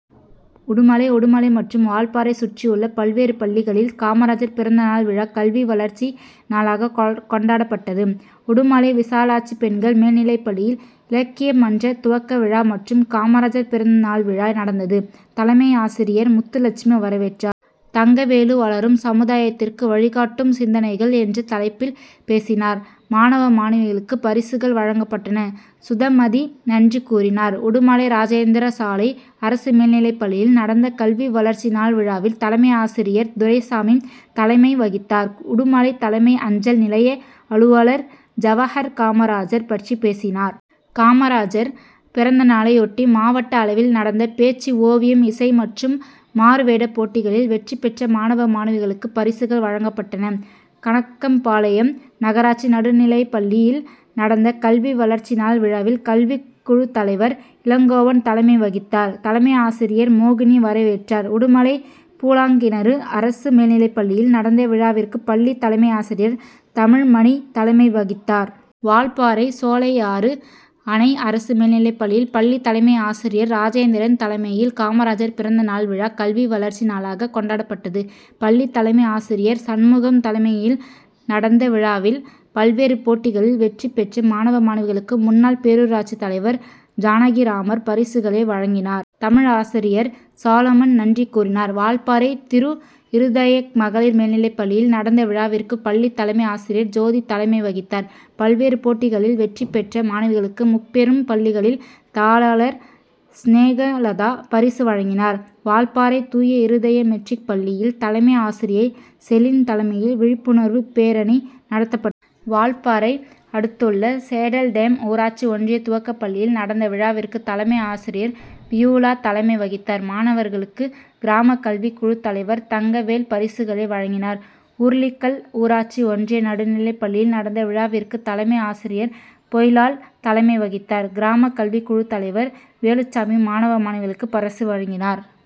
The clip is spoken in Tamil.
உடுமலை உடுமலை மற்றும் வால்பாறை சுற்றியுள்ள பல்வேறு பள்ளிகளில் காமராஜர் பிறந்த நாள் விழா, கல்வி வளர்ச்சி நாளாக கொண்டாப்பட்டது. உடுமலை விசாலாட்சி பெண்கள் மேல்நிலைப்பள்ளியில், இலக் கிய மன்ற துவக்க விழா மற்றும் காமராஜர் பிறந்த நாள் விழா நடந்தது. தலைமையாசிரியர் முத்துலட்சுமி வரவேற்றார். தங்கவேலு வளரும் சமுதாயத்திற்கு வழிகாட்டும் சிந்தனைகள்' என்ற தலைப்பில், பேசினார். மாணவ, மாணவிகளுக்குப் பரிசுகள் வழங்க பட்டன. சுதமதி நன்றி கூறினார். உடுமலை ராஜேந்திரா சாலை அரசு மேல்நிலைப்பள்ளியில் நடந்த கல்வி வளர்ச்சி நாள் விழாவில், தலைமையாசிரியர் துரைசாமி தலைமை வகித்தார். உடுமலை தலைமை அஞ்சல் நிலைய அலுவலர் ஜவஹர் காமராஜர் பற்றி பேசினார். காமராஜர் பிறந்தநாளையொட்டி, மாவட்ட அளவில் நடந்த பேச்சு, ஓவியம், இசை மற்றும் மாறுவேடப்போட்டிகளில் வெற்றி பெற்ற மாணவ, மாணவிகளுக்குப் பரிசுகள் வழங்கப்பட்டன. கணக்கம்பாளையம் நகராட்சி நடுநிலைப்பள்ளியில் நடந்த கல்வி வளர்ச்சி நாள் விழாவில், கல்விக்குழுத்தலைவர் இளங்கோவன் தலைமை வகித்தார். தலைமையாசிரியர் மோகினி வரவேற்றார். உடுமலை பூலாங்கிணறு அரசு மேல்நிலைப்பள்ளியில் நடந்த விழாவிற்கு பள்ளி தலைமையாசிரியர் தமிழ்மணி தலைமை வகித்தார். வால்பாறை சோலையாறு அணை அரசு மேல்நிலைப்பள்ளியில் பள்ளி தலைமை ஆசிரியர் ராஜேந்திரன் தலைமையில் காமராஜர் பிறந்த நாள் விழா, கல்வி வளர்ச்சி நாளாக கொண்டாப்பட்டது. பள்ளி தலைமை ஆசிரியர் சண்முகம் தலைமையில் நடந்த விழாவில் பல்வேறு போட்டிகளில் வெற்றி பெற்று மாணவ, மாணவிகளுக்கு முன்னாள் பேரூராட்சித்தலைவர் ஜானகிராமர் பரிசுகளை வழங்கினார். தமிழாசிரியர் சாலமன் நன்றி கூறினார். வால்பாறை திருஇருதய மகளிர் மேல்நிலைப்பள்ளியில் நடந்த விழாவிற்கு பள்ளி தலைமை ஆசிரியர் ஜோதி தலைமை வகித்தார். பல்வேறு போட்டிகளில் வெற்றி பெற்ற மாணவிகளுக்கு முப்பெரும் பள்ளிகளில் தாளாளர் ஸ்நேகலதா பரிசு வழங்கினார். வால்பாறை தூய இருதய மெட்ரிக் பள்ளியில் தலைமை ஆசிரியை செலின் தலைமையில் விழிப்புணர்வு பேரணி நடத்தப். வால்பாறை அடுத்துள்ள சேடல்டேம் ஊராட்சி ஒன்றிய துவக்கப்பள்ளியில் நடந்த விழாவிற்கு தலைமை ஆசிரியை பியூலா தலைமை வகித்தார். மாணவர்களுக்கு கிராம கல்விக்குழு தலைவர் தங்கவேல் பரிசுகளை வழங்கினார். உருளிக்கல் ஊராட்சி ஒன்றிய நடுநிலைப்பள்ளியில் நடந்த விழாவிற்கு தலைமை ஆசிரியை பொய்லாள் தலைமை வகித்தார். கிராம கல்விக்குழு தலைவர் வேலுச்சாமி மாணவ, மாணவிகளுக்கு பரிசு வழங்கினார்.